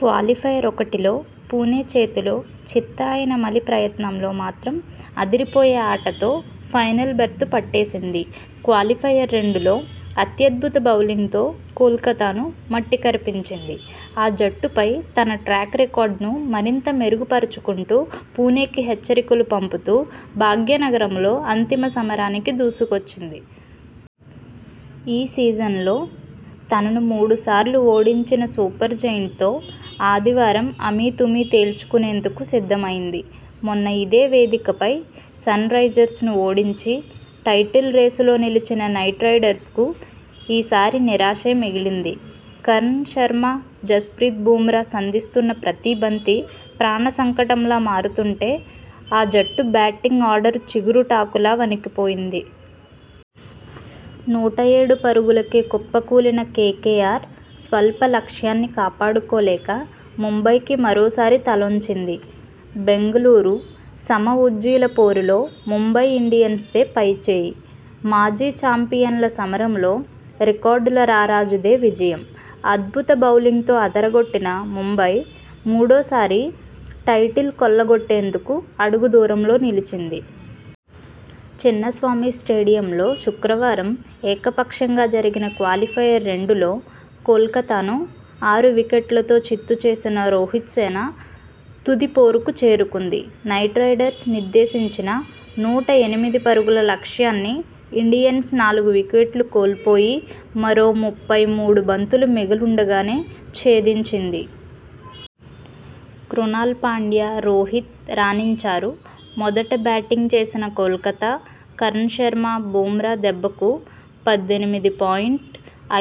Qualifier ఒకటిలో పుణె చేతిలో చిత్తయినా మలి ప్రయత్నంలో మాత్రం అదిరిపోయే ఆటతో ఫైనల్ బెర్తు పట్టేసింది! క్వాలిఫయర్ రెండులో అత్యద్భుత బౌలింగ్తో కోల్కతాను మట్టికరిపించింది. ఆ జట్టుపై తన ట్రాక్ రికార్డును మరింత మెరుగు పరుచుకుంటూ పుణెకు హెచ్చరికలు పంపుతూ భాగ్యనగరంలో అంతిమ సమరానికి దూసుకొచ్చింది. ఈ సీజన్లో తనను మూడు సార్లు ఓడించిన సూపర్జెయింట్తో ఆదివారం అమీతుమీ తేల్చుకునేందుకు సిద్ధమైంది. మొన్న ఇదే వేదికపై సన్రైజర్స్ను ఓడించి టైటిల్ రేసులో నిలిచిన నైట్ రైడర్స్కు ఈ సారి నిరాశే మిగిలింది. కర్ణ్ శర్మ, జస్ప్రీత్ బుమ్రా సంధిస్తున్న ప్రతీ బంతి ప్రాణ సంకటంలా మారుతుంటే ఆ జట్టు బ్యాటింగ్ ఆర్డర్ చిగురుటాకులా వణికిపోయింది. నూట ఏడు పరుగులకే కుప్ప కూలిన కేకేఆర్ స్వల్ప లక్ష్యాన్ని కాపాడుకోలేక ముంబైకి మరోసారి తలొంచింది. బెంగళూరు సమ ఉజ్జీల పోరులో ముంబై ఇండియన్స్దే పైచేయి. మాజీ చాంపియన్ల సమరంలో రికార్డుల రారాజుదే విజయం. అద్భుత బౌలింగ్తో అదరగొట్టిన ముంబై, మూడోసారి టైటిల్ కొల్లగొట్టేందుకు అడుగు దూరంలో నిలిచింది. చిన్నస్వామి స్టేడియంలో శుక్రవారం ఏక పక్షంగా జరిగిన క్వాలిఫయర్ రెండు లో కోల్కతాను ఆరు వికెట్లతో చిత్తు చేసిన రోహిత్సేన తుది పోరుకు చేరుకుంది. నైట్ రైడర్స్ నిర్దేశించిన నూట ఎనిమిది పరుగుల లక్ష్యాన్ని ఇండియన్స్ నాలుగు వికెట్లు కోల్పోయి మరో ముప్పై మూడు బంతులు మిగిలుండ గానే ఛేదించింది. క్రునాల్ పాండ్యా, రోహిత్ రాణించారు. మొదట బ్యాటింగ్ చేసిన కోల్కతా, కర్ణ్ శర్మ, బుమ్రా దెబ్బకు పద్దెనిమిది పాయింట్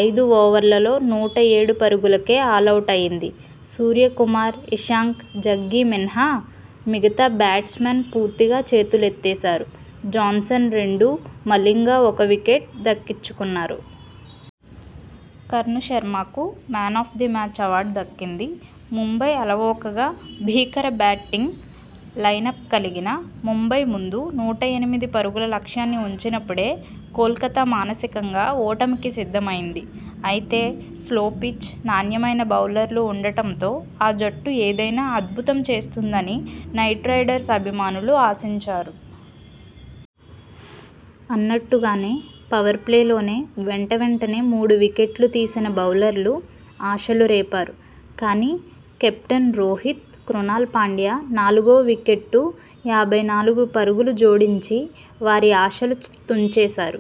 ఐదు ఓవర్లలో నూట ఏడు పరుగులకే ఆలౌటైంది. సూర్యకుమార్, ఇషాంక్ జగ్గీ మినహా మిగతా బ్యాట్స్మెన్ పూర్తిగా చేతులెత్తేశారు. జాన్సన్ రెండు, మలింగ ఒక వికెట్ దక్కించుకున్నారు. కర్ణ్ శర్మకు 'man of the match' award దక్కింది. ముంబై అలవోకగా, భీకర బ్యాటింగ్ లైనప్ కలిగిన ముంబై ముందు నూట ఎనిమిది పరుగుల లక్ష్యాన్ని ఉంచినప్పుడే కోల్కతా మానసికంగా ఓటమికి సిద్ధమైంది. అయితే, స్లో పిచ్, నాణ్యమైన బౌలర్లు ఉండడంతో ఆ జట్టు ఏదైనా అద్భుతం చేస్తుందని నైట్ రైడర్స్ అభిమానులు ఆశించారు. అన్నట్టుగానే, పవర్ప్లేలోనే వెంట వెంటనే మూడు వికెట్లు తీసిన బౌలర్లు ఆశలు రేపారు. కానీ, కెప్టెన్ రోహిత్, క్రునాల్ పాండ్యా నాలుగో వికెట్కు యాభై నాలుగు పరుగులు జోడించి వారి ఆశలు తుంచేశారు.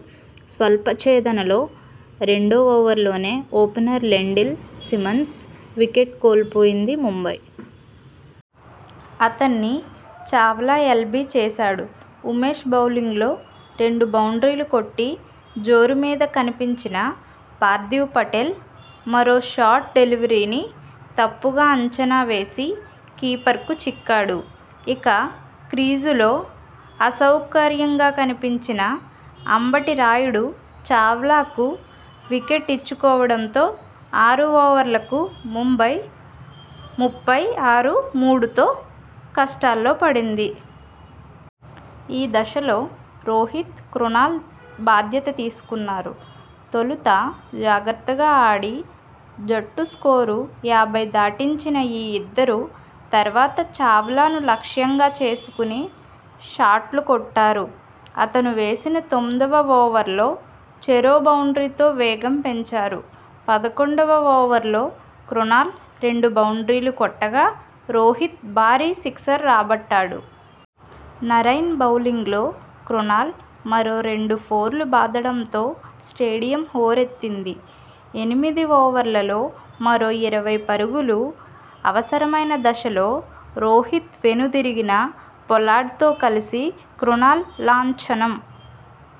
స్వల్ప ఛేదనలో రెండో ఓవర్లోనే ఓపెనర్ లెండిల్ సిమన్స్ వికెట్ కోల్పోయింది ముంబై. అతణ్ణి చావ్లా ఎల్బీ చేశాడు. ఉమేష్ బౌలింగ్లో రెండు బౌండ్రీలు కొట్టి జోరు మీద కనిపించిన పార్థివ్ పటేల్ మరో షార్ట్ డెలివరీని తప్పుగా అంచనా వేసి కీపర్కు చిక్కాడు. ఇక, క్రీజులో అసౌకర్యంగా కనిపించిన అంబటి రాయుడు చావ్లాకు వికెట్ ఇచ్చుకోవడంతో ఆరు ఓవర్లకు ముంబై ముప్పై ఆరు ,మూడుతో కష్టాల్లో పడింది. ఈ దశలో రోహిత్, క్రునాల్ బాధ్యత తీసుకున్నారు. తొలుత జాగ్రత్తగా ఆడి జట్టు స్కోరు యాభై దాటించిన ఈ ఇద్దరూ తర్వాత చావ్లాను లక్ష్యంగా చేసుకొని షాట్లు కొట్టారు. అతను వేసిన తొమ్మిదివ ఓవర్లో చెరో బౌండ్రీతో వేగం పెంచారు. పదకొండువ ఓవర్లో క్రునాల్ రెండు బౌండ్రీలు కొట్టగా రోహిత్ భారీ సిక్సర్ రాబట్టాడు. నరైన్ బౌలింగ్లో క్రునాల్ మరో రెండు ఫోర్లు బాదడంతో స్టేడియం హోరెత్తింది. ఎనిమిది ఓవర్లలో మరో ఇరవై పరుగులు అవసరమైన దశలో రోహిత్ వెనుదిరిగినా పొలార్డ్ తో కలిసి క్రునాల్ లాంఛనం